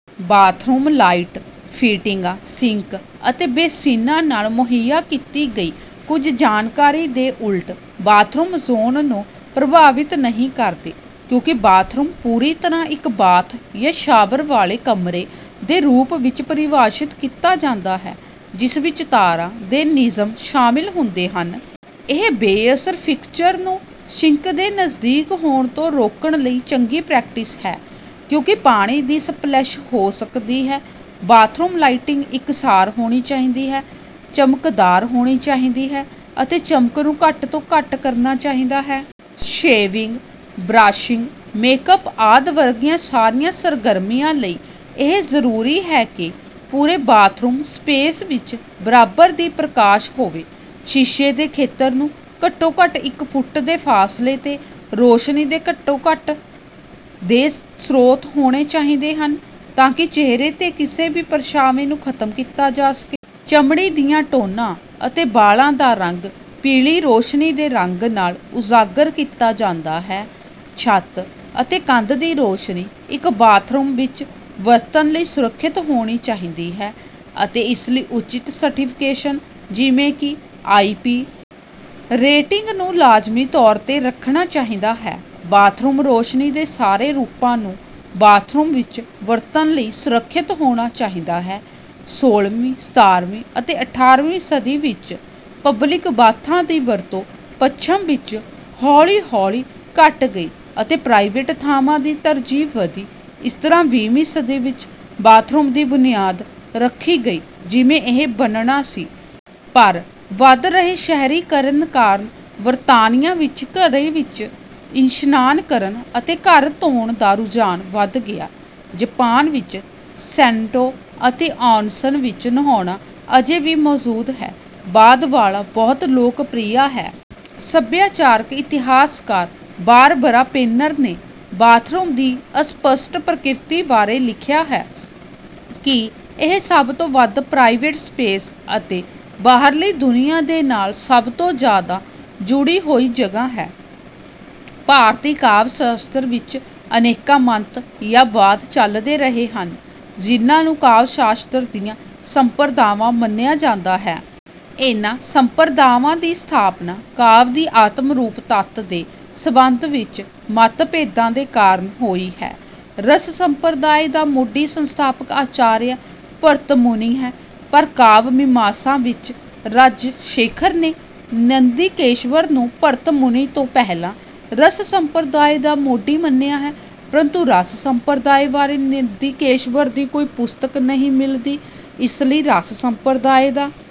Bathroom light ਫਿਟਿੰਗਾਂ, sink ਅਤੇ ਬੇਸਿਨਾਂ ਨਾਲ ਮੁਹੱਈਆ ਕੀਤੀ ਗਈ ਕੁਝ ਜਾਣਕਾਰੀ ਦੇ ਉਲਟ ਬਾਥਰੂਮ ਜ਼ੋਨ ਨੂੰ ਪ੍ਰਭਾਵਿਤ ਨਹੀਂ ਕਰਦੇ, ਕਿਉਂਕਿ ਬਾਥਰੂਮ ਪੂਰੀ ਤਰ੍ਹਾਂ ਇੱਕ ਬਾਥ ਯਾ ਸ਼ਾਵਰ ਵਾਲੇ ਕਮਰੇ ਦੇ ਰੂਪ ਵਿੱਚ ਪਰਿਭਾਸ਼ਤ ਕੀਤਾ ਜਾਂਦਾ ਹੈ, ਜਿਸ ਵਿੱਚ ਤਾਰਾਂ ਦੇ ਨਿਯਮ ਸ਼ਾਮਲ ਹੁੰਦੇ ਹਨ। ਇਹ ਬੇਅਸਰ ਫਿਕਸਚਰ ਨੂੰ ਸਿੰਕ ਦੇ ਨਜ਼ਦੀਕ ਹੋਣ ਤੋਂ ਰੋਕਣ ਲਈ ਚੰਗੀ ਪ੍ਰੈਕਟਿਸ ਹੈ, ਕਿਉਂਕਿ ਪਾਣੀ ਦੀ ਸਪਲੈਸ਼ ਹੋ ਸਕਦੀ ਹੈ। ਬਾਥਰੂਮ ਲਾਈਟਿੰਗ ਇਕਸਾਰ ਹੋਣੀ ਚਾਹੀਦੀ ਹੈ, ਚਮਕਦਾਰ ਹੋਣੀ ਚਾਹੀਦੀ ਹੈ ਅਤੇ ਚਮਕ ਨੂੰ ਘੱਟ ਤੋਂ ਘੱਟ ਕਰਨਾ ਚਾਹੀਦਾ ਹੈ। ਸ਼ੇਵਿੰਗ, ਬਰੱਸ਼ਿੰਗ, ਮੇਕਅੱਪ ਆਦਿ ਵਰਗੀਆਂ ਸਾਰੀਆਂ ਸਰਗਰਮੀਆਂ ਲਈ ਇਹ ਜ਼ਰੂਰੀ ਹੈ ਕਿ ਪੂਰੇ ਬਾਥਰੂਮ ਸਪੇਸ ਵਿੱਚ ਬਰਾਬਰ ਦੀ ਪ੍ਰਕਾਸ਼ ਹੋਵੇ। ਸ਼ੀਸ਼ੇ ਦੇ ਖੇਤਰ ਨੂੰ ਘੱਟੋ-ਘੱਟ ਇੱਕ ਫੁੱਟ ਦੇ ਫਾਸਲੇ 'ਤੇ ਰੋਸ਼ਨੀ ਦੇ ਘੱਟੋ-ਘੱਟ ਦੋ ਸਰੋਤ ਹੋਣੇ ਚਾਹੀਦੇ ਹਨ ਤਾਂ ਕਿ ਚਿਹਰੇ 'ਤੇ ਕਿਸੇ ਵੀ ਪਰਛਾਵੇਂ ਨੂੰ ਖ਼ਤਮ ਕੀਤਾ ਜਾ ਸਕੇ। ਚਮੜੀ ਦੀਆਂ ਟੌਨਾਂ ਅਤੇ ਵਾਲਾਂ ਦਾ ਰੰਗ ਪੀਲੀ ਰੋਸ਼ਨੀ ਦੇ ਰੰਗ ਨਾਲ ਉਜਾਗਰ ਕੀਤਾ ਜਾਂਦਾ ਹੈ। ਛੱਤ ਅਤੇ ਕੰਧ ਦੀ ਰੌਸ਼ਨੀ ਇੱਕ ਬਾਥਰੂਮ ਵਿੱਚ ਵਰਤਣ ਲਈ ਸੁਰੱਖਿਅਤ ਹੋਣੀ ਚਾਹੀਦੀ ਹੈ ਅਤੇ ਇਸ ਲਈ ਉਚਿਤ ਸਰਟੀਫਿਕੇਸ਼ਨ ਜਿਵੇਂ ਕਿ ਆਈ.ਪੀ. ਰੇਟਿੰਗ ਨੂੰ ਲਾਜ਼ਮੀ ਤੌਰ ਤੇ ਰੱਖਣਾ ਚਾਹੀਦਾ ਹੈ। ਬਾਥਰੂਮ ਰੋਸ਼ਨੀ ਦੇ ਸਾਰੇ ਰੂਪਾਂ ਨੂੰ ਬਾਥਰੂਮ ਵਿੱਚ ਵਰਤਣ ਲਈ ਸੁਰੱਖਿਅਤ ਹੋਣਾ ਚਾਹੀਦਾ ਹੈ। ਸੋਲਵੀਂ, ਸਤਾਰਵੀਂ ਅਤੇ ਅਠਾਰਵੀਂ ਸਦੀ ਵਿੱਚ ਪਬਲਿਕ ਬਾਥਾਂ ਦੀ ਵਰਤੋਂ ਪੱਛਮ ਵਿੱਚ ਹੌਲੀ-ਹੌਲੀ ਘੱਟ ਗਈ ਅਤੇ ਪ੍ਰਾਈਵੇਟ ਥਾਵਾਂ ਦੀ ਤਰਜੀਹ ਵਧੀ, ਇਸ ਤਰ੍ਹਾਂ ਵੀਹਵੀਂ ਸਦੀ ਵਿੱਚ ਬਾਥਰੂਮ ਦੀ ਬੁਨਿਆਦ ਰੱਖੀ ਗਈ, ਜਿਵੇਂ ਇਹ ਬਣਨਾ ਸੀ। ਪਰ, ਵਧ ਰਹੇ ਸ਼ਹਿਰੀਕਰਨ ਕਾਰਨ ਬਰਤਾਨੀਆ ਵਿੱਚ ਘਰਾਂ ਵਿੱਚ ਇਸ਼ਨਾਨ ਕਰਨ ਅਤੇ ਘਰ ਧੋਣ ਦਾ ਰੁਝਾਨ ਵਧ ਗਿਆ। ਜਾਪਾਨ ਵਿੱਚ ਸੇਨਟੋ ਅਤੇ ਆੱਨਸਨ ਵਿੱਚ ਨਹਾਉਣਾ ਅਜੇ ਵੀ ਮੌਜੂਦ ਹੈ, ਬਾਅਦ ਵਾਲਾ ਬਹੁਤ ਲੋਕਪ੍ਰਿਯ ਹੈ। ਸੱਭਿਆਚਾਰਕ ਇਤਿਹਾਸਕਾਰ ਬਾਰਬਰਾ ਪੇਨੇਰ ਨੇ ਬਾਥਰੂਮ ਦੀ ਅਸਪਸ਼ਟ ਪ੍ਰਕਿਰਤੀ ਬਾਰੇ ਲਿਖਿਆ ਹੈ ਕਿ ਇਹ ਸਭ ਤੋਂ ਵੱਧ ਪ੍ਰਾਈਵੇਟ ਸਪੇਸ ਅਤੇ ਬਾਹਰਲੀ ਦੁਨੀਆਂ ਦੇ ਨਾਲ ਸਭ ਤੋਂ ਜ਼ਿਆਦਾ ਜੁੜੀ ਹੋਈ ਜਗ੍ਹਾ ਹੈ। ਭਾਰਤੀ ਕਾਵਿ-ਸ਼ਾਸਤਰ ਵਿੱਚ ਅਨੇਕਾਂ ਮੱਤ ਜਾਂ ਵਾਦ ਚੱਲਦੇ ਰਹੇ ਹਨ ਜਿਨ੍ਹਾਂ ਨੂੰ ਕਾਵਿ-ਸ਼ਾਸਤਰ ਦੀਆਂ ਸੰਪ੍ਰਦਾਵਾਂ ਮੰਨਿਆ ਜਾਂਦਾ ਹੈ। ਇਨ੍ਹਾਂ ਸੰਪ੍ਰਦਾਵਾਂ ਦੀ ਸਥਾਪਨਾ ਕਾਵਿ ਦੀ ਆਤਮ-ਰੂਪ ਤੱਤ ਦੇ ਸੰਬੰਧ ਵਿੱਚ ਮੱਤ-ਭੇਦਾਂ ਦੇ ਕਾਰਨ ਹੋਈ ਹੈ। ਰਸ ਸੰਪ੍ਰਦਾਇ ਦਾ ਮੋਢੀ-ਸੰਸਥਾਪਕ ਆਚਾਰੀਆ ਭਰਤਮੁਨੀ ਹੈ ਪਰ ਕਾਵਿ-ਮੀਮਾਂਸਾ ਵਿੱਚ ਰਾਜਸ਼ੇਖਰ ਨੇ ਨੰਦਿਕੇਸ਼ਵਰ ਨੂੰ ਭਰਤਮੁਨੀ ਤੋਂ ਪਹਿਲਾਂ ਰਸ ਸੰਪ੍ਰਦਾਇ ਦਾ ਮੋਢੀ ਮੰਨਿਆ ਹੈ ਪਰੰਤੂ ਰਸ ਸੰਪ੍ਰਦਾਇ ਬਾਰੇ ਨੰਦਿਕੇਸ਼ਵਰ ਦੀ ਕੋਈ ਪੁਸਤਕ ਨਹੀਂ ਮਿਲਦੀ। ਇਸ ਲਈ ਰਸ ਸੰਪ੍ਰਦਾਇ ਦਾ